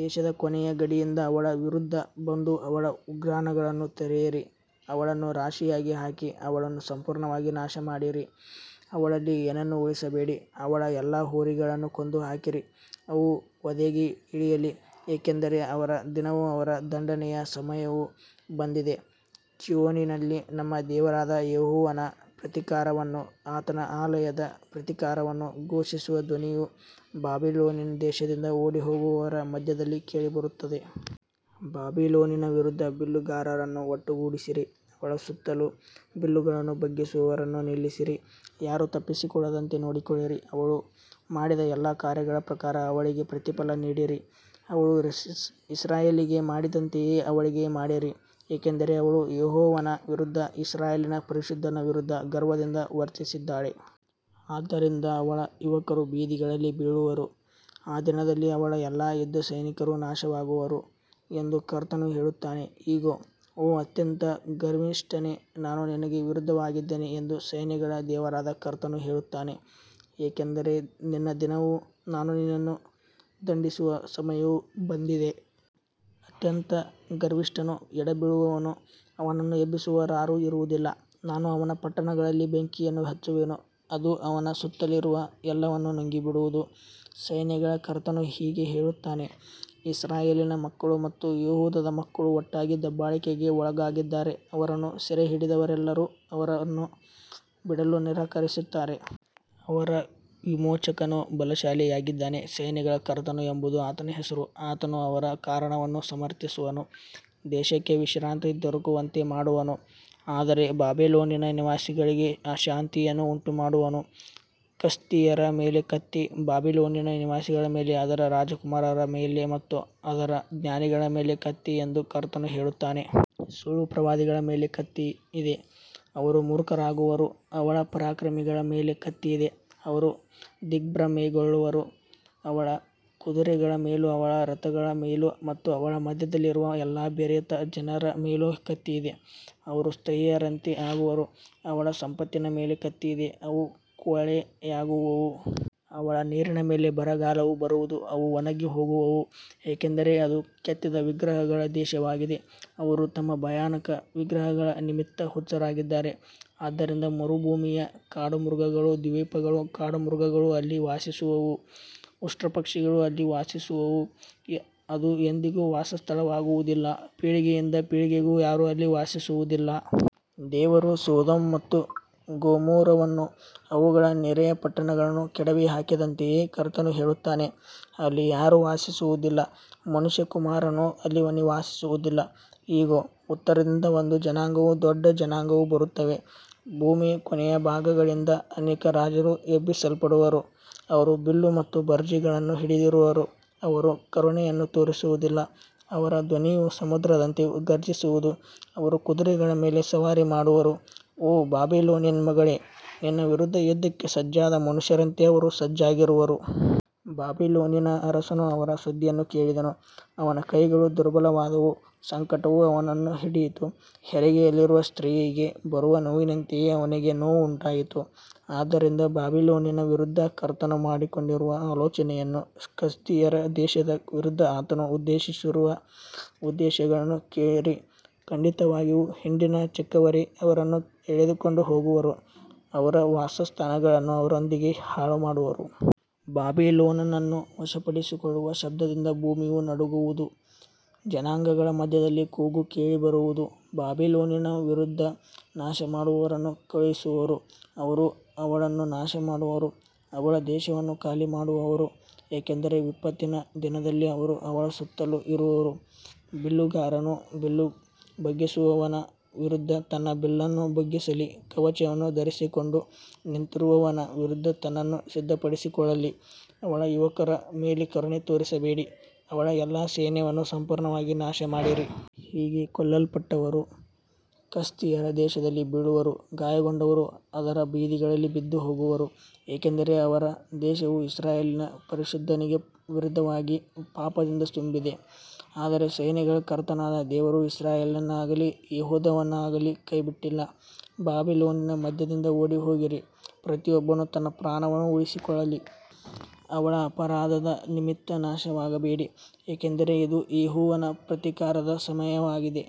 ದೇಶದ ಕೊನೆಯ ಗಡಿಯಿಂದ ಅವಳ ವಿರುದ್ಧ ಬಂದು ಅವಳ ಉಗ್ರಾಣಗಳನ್ನು ತೆರೆಯಿರಿ, ಅವಳನ್ನು ರಾಶಿಯಾಗಿ ಹಾಕಿ, ಅವಳನ್ನು ಸಂಪೂರ್ಣವಾಗಿ ನಾಶಮಾಡಿರಿ, ಅವಳಲ್ಲಿ ಏನನ್ನೂ ಉಳಿಸಬೇಡಿ. ಅವಳ ಎಲ್ಲಾ ಹೋರಿಗಳನ್ನು ಕೊಂದುಹಾಕಿರಿ, ಅವು ವಧೆಗೆ ಇಳಿಯಲಿ, ಏಕೆಂದರೆ ಅವರ ದಿನವೂ ಅವರ ದಂಡನೆಯ ಸಮಯವೂ ಬಂದಿದೆ. ಚೀಯೋನಿನಲ್ಲಿ ನಮ್ಮ ದೇವರಾದ ಯೆಹೋವನ ಪ್ರತೀಕಾರವನ್ನೂ ಆತನ ಆಲಯದ ಪ್ರತೀಕಾರವನ್ನೂ ಘೋಷಿಸುವ ಧ್ವನಿಯು ಬಾಬಿಲೋನಿನ ದೇಶದಿಂದ ಓಡಿಹೋಗುವವರ ಮಧ್ಯದಲ್ಲಿ ಕೇಳಿಬರುತ್ತದೆ. ಬಾಬಿಲೋನಿನ ವಿರುದ್ಧ ಬಿಲ್ಲುಗಾರರನ್ನು ಒಟ್ಟುಗೂಡಿಸಿರಿ, ಅವಳ ಸುತ್ತಲೂ ಬಿಲ್ಲುಗಳನ್ನು ಬಗ್ಗಿಸುವವರನ್ನು ನಿಲ್ಲಿಸಿರಿ, ಯಾರೂ ತಪ್ಪಿಸಿಕೊಳ್ಳದಂತೆ ನೋಡಿಕೊಳ್ಳಿರಿ, ಅವಳು ಮಾಡಿದ ಎಲ್ಲಾ ಕಾರ್ಯಗಳ ಪ್ರಕಾರ ಅವಳಿಗೆ ಪ್ರತಿಫಲ ನೀಡಿರಿ, ಅವಳು ಇಸ್ರಾಯೇಲಿಗೆ ಮಾಡಿದಂತೆಯೇ ಅವಳಿಗೆ ಮಾಡಿರಿ, ಏಕೆಂದರೆ ಅವಳು ಯೆಹೋವನ ವಿರುದ್ಧ, ಇಸ್ರಾಯೇಲಿನ ಪರಿಶುದ್ಧನ ವಿರುದ್ಧ ಗರ್ವದಿಂದ ವರ್ತಿಸಿದ್ದಾಳೆ. ಆದ್ದರಿಂದ ಅವಳ ಯುವಕರು ಬೀದಿಗಳಲ್ಲಿ ಬೀಳುವರು, ಆ ದಿನದಲ್ಲಿ ಅವಳ ಎಲ್ಲಾ ಯುದ್ಧಸೈನಿಕರು ನಾಶವಾಗುವರು ಎಂದು ಕರ್ತನು ಹೇಳುತ್ತಾನೆ. ಇಗೋ, ಓ ಅತ್ಯಂತ ಗರ್ವಿಷ್ಠನೇ, ನಾನು ನಿನಗೆ ವಿರುದ್ಧವಾಗಿದ್ದೇನೆ ಎಂದು ಸೈನ್ಯಗಳ ದೇವರಾದ ಕರ್ತನು ಹೇಳುತ್ತಾನೆ, ಏಕೆಂದರೆ ನಿನ್ನ ದಿನವೂ ನಾನು ನಿನ್ನನ್ನು ದಂಡಿಸುವ ಸಮಯವೂ ಬಂದಿದೆ. ಅತ್ಯಂತ ಗರ್ವಿಷ್ಠನು ಎಡವಿಬೀಳುವನು, ಅವನನ್ನು ಎಬ್ಬಿಸುವವರಾರು ಇರುವುದಿಲ್ಲ, ನಾನು ಅವನ ಪಟ್ಟಣಗಳಲ್ಲಿ ಬೆಂಕಿಯನ್ನು ಹಚ್ಚುವೆನು, ಅದು ಅವನ ಸುತ್ತಲಿರುವ ಎಲ್ಲವನ್ನೂ ನುಂಗಿಬಿಡುವುದು. ಸೈನ್ಯಗಳ ಕರ್ತನು ಹೀಗೆ ಹೇಳುತ್ತಾನೆ, ಇಸ್ರಾಯೇಲಿನ ಮಕ್ಕಳು ಮತ್ತು ಯೆಹೂದದ ಮಕ್ಕಳು ಒಟ್ಟಾಗಿ ದಬ್ಬಾಳಿಕೆಗೆ ಒಳಗಾಗಿದ್ದಾರೆ, ಅವರನ್ನು ಸೆರೆಹಿಡಿದವರೆಲ್ಲರೂ ಅವರನ್ನು ಬಿಡಲು ನಿರಾಕರಿಸುತ್ತಾರೆ. ಅವರ ವಿಮೋಚಕನು ಬಲಶಾಲಿಯಾಗಿದ್ದಾನೆ, ಸೈನ್ಯಗಳ ಕರ್ತನು ಎಂಬುದು ಆತನ ಹೆಸರು, ಆತನು ಅವರ ಕಾರಣವನ್ನು ಸಮರ್ಥಿಸುವನು, ದೇಶಕ್ಕೆ ವಿಶ್ರಾಂತಿ ದೊರಕುವಂತೆ ಮಾಡುವನು, ಆದರೆ ಬಾಬಿಲೋನಿನ ನಿವಾಸಿಗಳಿಗೆ ಅಶಾಂತಿಯನ್ನು ಉಂಟುಮಾಡುವನು. ಕಸ್ದೀಯರ ಮೇಲೆ ಕತ್ತಿ, ಬಾಬಿಲೋನಿನ ನಿವಾಸಿಗಳ ಮೇಲೆ, ಅದರ ರಾಜಕುಮಾರರ ಮೇಲೆ ಮತ್ತು ಅದರ ಜ್ಞಾನಿಗಳ ಮೇಲೆ ಕತ್ತಿ ಎಂದು ಕರ್ತನು ಹೇಳುತ್ತಾನೆ. ಸುಳ್ಳು ಪ್ರವಾದಿಗಳ ಮೇಲೆ ಕತ್ತಿಯಿದೆ, ಅವರು ಮೂರ್ಖರಾಗುವರು. ಅವಳ ಪರಾಕ್ರಮಿಗಳ ಮೇಲೆ ಕತ್ತಿಯಿದೆ, ಅವರು ದಿಗ್ಭ್ರಮೆಗೊಳ್ಳುವರು. ಅವಳ ಕುದುರೆಗಳ ಮೇಲೂ ಅವಳ ರಥಗಳ ಮೇಲೂ ಮತ್ತು ಅವಳ ಮಧ್ಯದಲ್ಲಿರುವ ಎಲ್ಲಾ ಬೆರೆತ ಜನರ ಮೇಲೂ ಕತ್ತಿಯಿದೆ, ಅವರು ಸ್ತ್ರೀಯರಂತೆ ಆಗುವರು. ಅವಳ ಸಂಪತ್ತಿನ ಮೇಲೆ ಕತ್ತಿಯಿದೆ, ಅವು ಕೊಳ್ಳೆಯಾಗುವವು. ಅವಳ ನೀರಿನ ಮೇಲೆ ಬರಗಾಲವು ಬರುವುದು, ಅವು ಒಣಗಿಹೋಗುವವು, ಏಕೆಂದರೆ ಅದು ಕೆತ್ತಿದ ವಿಗ್ರಹಗಳ ದೇಶವಾಗಿದೆ, ಅವರು ತಮ್ಮ ಭಯಾನಕ ವಿಗ್ರಹಗಳ ನಿಮಿತ್ತ ಹುಚ್ಚರಾಗಿದ್ದಾರೆ. ಆದ್ದರಿಂದ ಮರುಭೂಮಿಯ ಕಾಡುಮೃಗಗಳೂ ದ್ವೀಪಗಳ ಕಾಡುಮೃಗಗಳೂ ಅಲ್ಲಿ ವಾಸಿಸುವವು, ಉಷ್ಟ್ರಪಕ್ಷಿಗಳೂ ಅಲ್ಲಿ ವಾಸಿಸುವವು, ಅದು ಎಂದಿಗೂ ವಾಸಸ್ಥಳವಾಗುವುದಿಲ್ಲ, ಪೀಳಿಗೆಯಿಂದ ಪೀಳಿಗೆಗೂ ಯಾರೂ ಅಲ್ಲಿ ವಾಸಿಸುವುದಿಲ್ಲ. ದೇವರು ಸೊದೋಮ್ ಮತ್ತು ಗೊಮೋರವನ್ನೂ ಅವುಗಳ ನೆರೆಯ ಪಟ್ಟಣಗಳನ್ನೂ ಕೆಡವಿಹಾಕಿದಂತೆಯೇ ಕರ್ತನು ಹೇಳುತ್ತಾನೆ, ಅಲ್ಲಿ ಯಾರೂ ವಾಸಿಸುವುದಿಲ್ಲ, ಮನುಷ್ಯಕುಮಾರನೂ ಅಲ್ಲಿ ವಾಸಿಸುವುದಿಲ್ಲ. ಇಗೋ, ಉತ್ತರದಿಂದ ಒಂದು ಜನಾಂಗವೂ ದೊಡ್ಡ ಜನಾಂಗವೂ ಬರುತ್ತವೆ, ಭೂಮಿಯ ಕೊನೆಯ ಭಾಗಗಳಿಂದ ಅನೇಕ ರಾಜರು ಎಬ್ಬಿಸಲ್ಪಡುವರು. ಅವರು ಬಿಲ್ಲು ಮತ್ತು ಭರ್ಜಿಗಳನ್ನು ಹಿಡಿದಿರುವರು, ಅವರು ಕರುಣೆಯನ್ನು ತೋರಿಸುವುದಿಲ್ಲ, ಅವರ ಧ್ವನಿಯು ಸಮುದ್ರದಂತೆ ಘರ್ಜಿಸುವುದು, ಅವರು ಕುದುರೆಗಳ ಮೇಲೆ ಸವಾರಿ ಮಾಡುವರು, ಓ ಬಾಬಿಲೋನಿನ ಮಗಳೇ, ನಿನ್ನ ವಿರುದ್ಧ ಯುದ್ಧಕ್ಕೆ ಸಜ್ಜಾದ ಮನುಷ್ಯರಂತೆ ಅವರು ಸಜ್ಜಾಗಿರುವರು. ಬಾಬಿಲೋನಿನ ಅರಸನು ಅವರ ಸುದ್ದಿಯನ್ನು ಕೇಳಿದನು, ಅವನ ಕೈಗಳು ದುರ್ಬಲವಾದವು, ಸಂಕಟವು ಅವನನ್ನು ಹಿಡಿಯಿತು, ಹೆರಿಗೆಯಲ್ಲಿರುವ ಸ್ತ್ರೀಯಿಗೆ ಬರುವ ನೋವಿನಂತೆಯೇ ಅವನಿಗೆ ನೋವು ಉಂಟಾಯಿತು. ಆದ್ದರಿಂದ ಬಾಬಿಲೋನಿನ ವಿರುದ್ಧ ಕರ್ತನು ಮಾಡಿಕೊಂಡಿರುವ ಆಲೋಚನೆಯನ್ನೂ ಕಸ್ದೀಯರ ದೇಶದ ವಿರುದ್ಧ ಆತನು ಉದ್ದೇಶಿಸಿರುವ ಉದ್ದೇಶಗಳನ್ನೂ ಕೇಳಿರಿ, ಖಂಡಿತವಾಗಿಯೂ ಹಿಂಡಿನ ಚಿಕ್ಕವರೇ ಅವರನ್ನು ಎಳೆದುಕೊಂಡು ಹೋಗುವರು, ಅವರ ವಾಸಸ್ಥಾನಗಳನ್ನು ಅವರೊಂದಿಗೆ ಹಾಳುಮಾಡುವರು. ಬಾಬಿಲೋನನ್ನು ವಶಪಡಿಸಿಕೊಳ್ಳುವ ಶಬ್ದದಿಂದ ಭೂಮಿಯು ನಡುಗುವುದು, ಜನಾಂಗಗಳ ಮಧ್ಯದಲ್ಲಿ ಕೂಗು ಕೇಳಿಬರುವುದು. ಬಾಬಿಲೋನಿನ ವಿರುದ್ಧ ನಾಶಮಾಡುವವರನ್ನು ಕಳುಹಿಸುವರು, ಅವರು ಅವಳನ್ನು ನಾಶಮಾಡುವರು, ಅವಳ ದೇಶವನ್ನು ಖಾಲಿಮಾಡುವರು, ಏಕೆಂದರೆ ವಿಪತ್ತಿನ ದಿನದಲ್ಲಿ ಅವರು ಅವಳ ಸುತ್ತಲೂ ಇರುವರು. ಬಿಲ್ಲುಗಾರನು ಬಿಲ್ಲು ಬಗ್ಗಿಸುವವನ ವಿರುದ್ಧ ತನ್ನ ಬಿಲ್ಲನ್ನು ಬಗ್ಗಿಸಲಿ, ಕವಚವನ್ನು ಧರಿಸಿಕೊಂಡು ನಿಂತಿರುವವನ ವಿರುದ್ಧ ತನ್ನನ್ನು ಸಿದ್ಧಪಡಿಸಿಕೊಳ್ಳಲಿ, ಅವಳ ಯುವಕರ ಮೇಲೆ ಕರುಣೆ ತೋರಿಸಬೇಡಿ, ಅವಳ ಎಲ್ಲಾ ಸೈನ್ಯವನ್ನು ಸಂಪೂರ್ಣವಾಗಿ ನಾಶಮಾಡಿರಿ. ಹೀಗೆ ಕೊಲ್ಲಲ್ಪಟ್ಟವರು ಕಸ್ದೀಯರ ದೇಶದಲ್ಲಿ ಬೀಳುವರು, ಗಾಯಗೊಂಡವರು ಅದರ ಬೀದಿಗಳಲ್ಲಿ ಬಿದ್ದುಹೋಗುವರು, ಏಕೆಂದರೆ ಅವರ ದೇಶವು ಇಸ್ರಾಯೇಲಿನ ಪರಿಶುದ್ಧನಿಗೆ ವಿರುದ್ಧವಾಗಿ ಪಾಪದಿಂದ ತುಂಬಿದೆ. ಆದರೆ ಸೈನ್ಯಗಳ ಕರ್ತನಾದ ದೇವರು ಇಸ್ರಾಯೇಲನ್ನಾಗಲಿ ಯೆಹೂದವನ್ನಾಗಲಿ ಕೈಬಿಟ್ಟಿಲ್ಲ. ಬಾಬಿಲೋನಿನ ಮಧ್ಯದಿಂದ ಓಡಿಹೋಗಿರಿ, ಪ್ರತಿಯೊಬ್ಬನು ತನ್ನ ಪ್ರಾಣವನ್ನು ಉಳಿಸಿಕೊಳ್ಳಲಿ, ಅವಳ ಅಪರಾಧದ ನಿಮಿತ್ತ ನಾಶವಾಗಬೇಡಿ, ಏಕೆಂದರೆ ಇದು ಯೆಹೋವನ ಪ್ರತೀಕಾರದ ಸಮಯವಾಗಿದೆ.